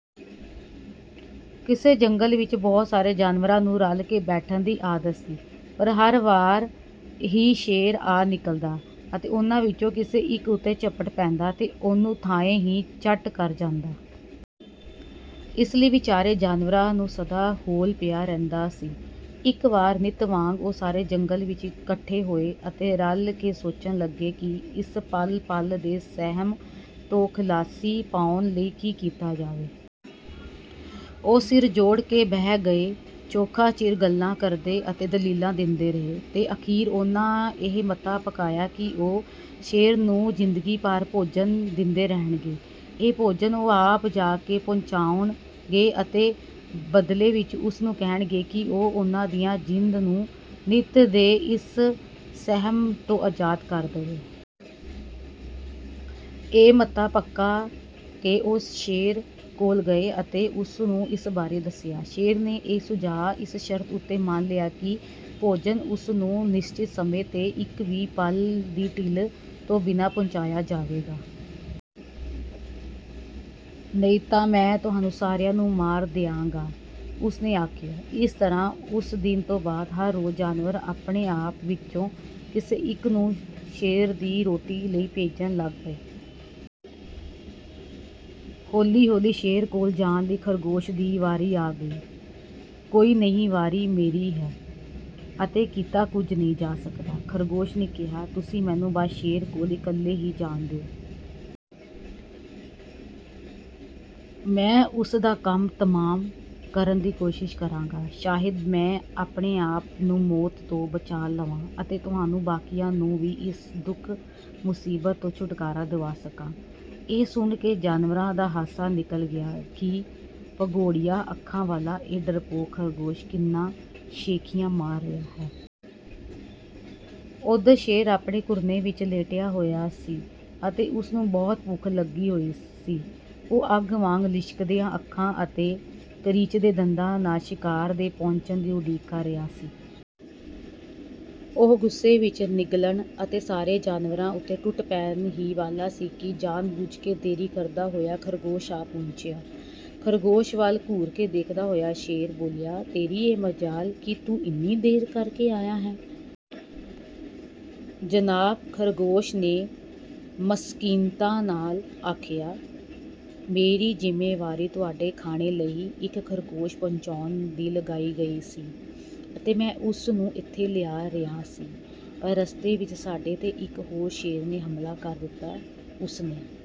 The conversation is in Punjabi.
ਕਿਸੇ ਜੰਗਲ ਵਿੱਚ ਬਹੁਤ ਸਾਰੇ ਜਾਨਵਰਾਂ ਨੂੰ ਰਲ ਕੇ ਬੈਠਣ ਦੀ ਆਦਤ ਸੀ, ਪਰ ਹਰ ਵਾਰ ਹੀ ਸ਼ੇਰ ਆ ਨਿਕਲਦਾ ਅਤੇ ਉਹਨਾਂ ਵਿੱਚੋਂ ਕਿਸੇ ਇੱਕ ਉੱਤੇ ਝਪਟ ਪੈਂਦਾ ਤੇ ਉਹਨੂੰ ਥਾਂਏਂ ਹੀ ਚੱਟ ਕਰ ਜਾਂਦਾ। ਇਸ ਲਈ ਵਿਚਾਰੇ ਜਾਨਵਰਾਂ ਨੂੰ ਸਦਾ ਹੌਲ ਪਿਆ ਰਹਿੰਦਾ ਸੀ। ਇੱਕ ਵਾਰ ਨਿੱਤ ਵਾਂਗ ਉਹ ਸਾਰੇ ਜੰਗਲ ਵਿੱਚ ਇਕੱਠੇ ਹੋਏ ਅਤੇ ਰਲ ਕੇ ਸੋਚਣ ਲੱਗੇ ਕਿ ਇਸ ਪਲ-ਪਲ ਦੇ ਸਹਿਮ ਤੋਂ ਖ਼ਲਾਸੀ ਪਾਉਣ ਲਈ ਕੀ ਕੀਤਾ ਜਾਵੇ। ਉਹ ਸਿਰ ਜੋੜ ਕੇ ਬਹਿ ਗਏ, ਚੋਖਾ ਚਿਰ ਗੱਲਾਂ ਕਰਦੇ ਅਤੇ ਦਲੀਲਾਂ ਦਿੰਦੇ ਰਹੇ, ਤੇ ਅਖ਼ੀਰ ਉਹਨਾਂ ਇਹ ਮਤਾ ਪਕਾਇਆ ਕਿ ਉਹ ਸ਼ੇਰ ਨੂੰ ਜ਼ਿੰਦਗੀ ਭਰ ਭੋਜਨ ਦਿੰਦੇ ਰਹਿਣਗੇ। ਇਹ ਭੋਜਨ ਉਹ ਆਪ ਜਾ ਕੇ ਪਹੁੰਚਾਉਣਗੇ ਅਤੇ ਬਦਲੇ ਵਿੱਚ ਉਸ ਨੂੰ ਕਹਿਣਗੇ ਕਿ ਉਹ ਉਹਨਾਂ ਦੀਆਂ ਜਿੰਦ ਨੂੰ ਨਿੱਤ ਦੇ ਇਸ ਸਹਿਮ ਤੋਂ ਆਜ਼ਾਦ ਕਰ ਦੇਵੇ। ਇਹ ਮਤਾ ਪਕਾ ਕੇ ਉਹ ਸ਼ੇਰ ਕੋਲ ਗਏ ਅਤੇ ਉਸ ਨੂੰ ਇਸ ਬਾਰੇ ਦੱਸਿਆ। ਸ਼ੇਰ ਨੇ ਇਹ ਸੁਝਾਅ ਇਸ ਸ਼ਰਤ ਉੱਤੇ ਮੰਨ ਲਿਆ ਕਿ ਭੋਜਨ ਉਸ ਨੂੰ ਨਿਸ਼ਚਿਤ ਸਮੇਂ 'ਤੇ, ਇੱਕ ਵੀ ਪਲ ਦੀ ਢਿੱਲ ਤੋਂ ਬਿਨਾਂ ਪਹੁੰਚਾਇਆ ਜਾਵੇਗਾ। "ਨਹੀਂ ਤਾਂ ਮੈਂ ਤੁਹਾਨੂੰ ਸਾਰਿਆਂ ਨੂੰ ਮਾਰ ਦਿਆਂਗਾ!" ਉਸ ਨੇ ਆਖਿਆ। ਇਸ ਤਰ੍ਹਾਂ, ਉਸ ਦਿਨ ਤੋਂ ਬਾਅਦ ਹਰ ਰੋਜ਼ ਜਾਨਵਰ ਆਪਣੇ ਆਪ ਵਿੱਚੋਂ ਕਿਸੇ ਇੱਕ ਨੂੰ ਸ਼ੇਰ ਦੀ ਰੋਟੀ ਲਈ ਭੇਜਣ ਲੱਗ ਪਏ। ਹੌਲੀ-ਹੌਲੀ ਸ਼ੇਰ ਕੋਲ ਜਾਣ ਲਈ ਖ਼ਰਗੋਸ਼ ਦੀ ਵਾਰੀ ਆ ਗਈ। "ਕੋਈ ਨਹੀਂ, ਵਾਰੀ ਮੇਰੀ ਹੈ ਅਤੇ ਕੀਤਾ ਕੁਝ ਨਹੀਂ ਜਾ ਸਕਦਾ," ਖ਼ਰਗੋਸ਼ ਨੇ ਕਿਹਾ, "ਤੁਸੀਂ ਮੈਨੂੰ ਬਸ ਸ਼ੇਰ ਕੋਲ ਇਕੱਲੇ ਹੀ ਜਾਣ ਦਿਓ। ਮੈਂ ਉਸ ਦਾ ਕੰਮ ਤਮਾਮ ਕਰਨ ਦੀ ਕੋਸ਼ਿਸ਼ ਕਰਾਂਗਾ। ਸ਼ਾਇਦ ਮੈਂ ਆਪਣੇ ਆਪ ਨੂੰ ਮੌਤ ਤੋਂ ਬਚਾ ਲਵਾਂ ਅਤੇ ਤੁਹਾਨੂੰ ਬਾਕੀਆਂ ਨੂੰ ਵੀ ਇਸ ਦੁੱਖ-ਮੁਸੀਬਤ ਤੋਂ ਛੁਟਕਾਰਾ ਦਿਵਾ ਸਕਾਂ।" ਇਹ ਸੁਣ ਕੇ ਜਾਨਵਰਾਂ ਦਾ ਹਾਸਾ ਨਿਕਲ ਗਿਆ ਕਿ ਭੰਗੋੜੀਆਂ ਅੱਖਾਂ ਵਾਲਾ ਇਹ ਡਰਪੋਕ ਖ਼ਰਗੋਸ਼ ਕਿੰਨੀਆਂ ਸ਼ੇਖ਼ੀਆਂ ਮਾਰ ਰਿਹਾ ਹੈ! ਉਧਰ ਸ਼ੇਰ ਆਪਣੇ ਘੁਰਨੇ ਵਿੱਚ ਲੇਟਿਆ ਹੋਇਆ ਸੀ ਅਤੇ ਉਸ ਨੂੰ ਬਹੁਤ ਭੁੱਖ ਲੱਗੀ ਹੋਈ ਸੀ। ਉਹ ਅੱਗ ਵਾਂਗ ਲਿਸ਼ਕਦੀਆਂ ਅੱਖਾਂ ਅਤੇ ਕਰੀਚਦੇ ਦੰਦਾਂ ਨਾਲ ਸ਼ਿਕਾਰ ਦੇ ਪਹੁੰਚਣ ਦੀ ਉਡੀਕ ਕਰ ਰਿਹਾ ਸੀ। ਉਹ ਗੁੱਸੇ ਵਿੱਚ ਨਿਕਲਣ ਅਤੇ ਸਾਰੇ ਜਾਨਵਰਾਂ ਉੱਤੇ ਟੁੱਟ ਪੈਣ ਹੀ ਵਾਲਾ ਸੀ ਕਿ ਜਾਣ-ਬੁੱਝ ਕੇ ਦੇਰੀ ਕਰਦਾ ਹੋਇਆ ਖ਼ਰਗੋਸ਼ ਆ ਪਹੁੰਚਿਆ। ਖ਼ਰਗੋਸ਼ ਵੱਲ ਘੂਰ ਕੇ ਦੇਖਦਾ ਹੋਇਆ ਸ਼ੇਰ ਬੋਲਿਆ, "ਤੇਰੀ ਇਹ ਮਜਾਲ ਕਿ ਤੂੰ ਇੰਨੀ ਦੇਰ ਕਰ ਕੇ ਆਇਆ ਹੈਂ!" "ਜਨਾਬ," ਖ਼ਰਗੋਸ਼ ਨੇ ਮਸਕੀਨਤਾ ਨਾਲ ਆਖਿਆ, "ਮੇਰੀ ਜ਼ਿੰਮੇਵਾਰੀ ਤੁਹਾਡੇ ਖਾਣੇ ਲਈ ਇੱਕ ਖ਼ਰਗੋਸ਼ ਪਹੁੰਚਾਉਣ ਦੀ ਲਗਾਈ ਗਈ ਸੀ ਅਤੇ ਮੈਂ ਉਸ ਨੂੰ ਇੱਥੇ ਲਿਆ ਰਿਹਾ ਸੀ। ਪਰ ਰਸਤੇ ਵਿੱਚ ਸਾਡੇ 'ਤੇ ਇੱਕ ਹੋਰ ਸ਼ੇਰ ਨੇ ਹਮਲਾ ਕਰ ਦਿੱਤਾ, ਉਸ ਨੇ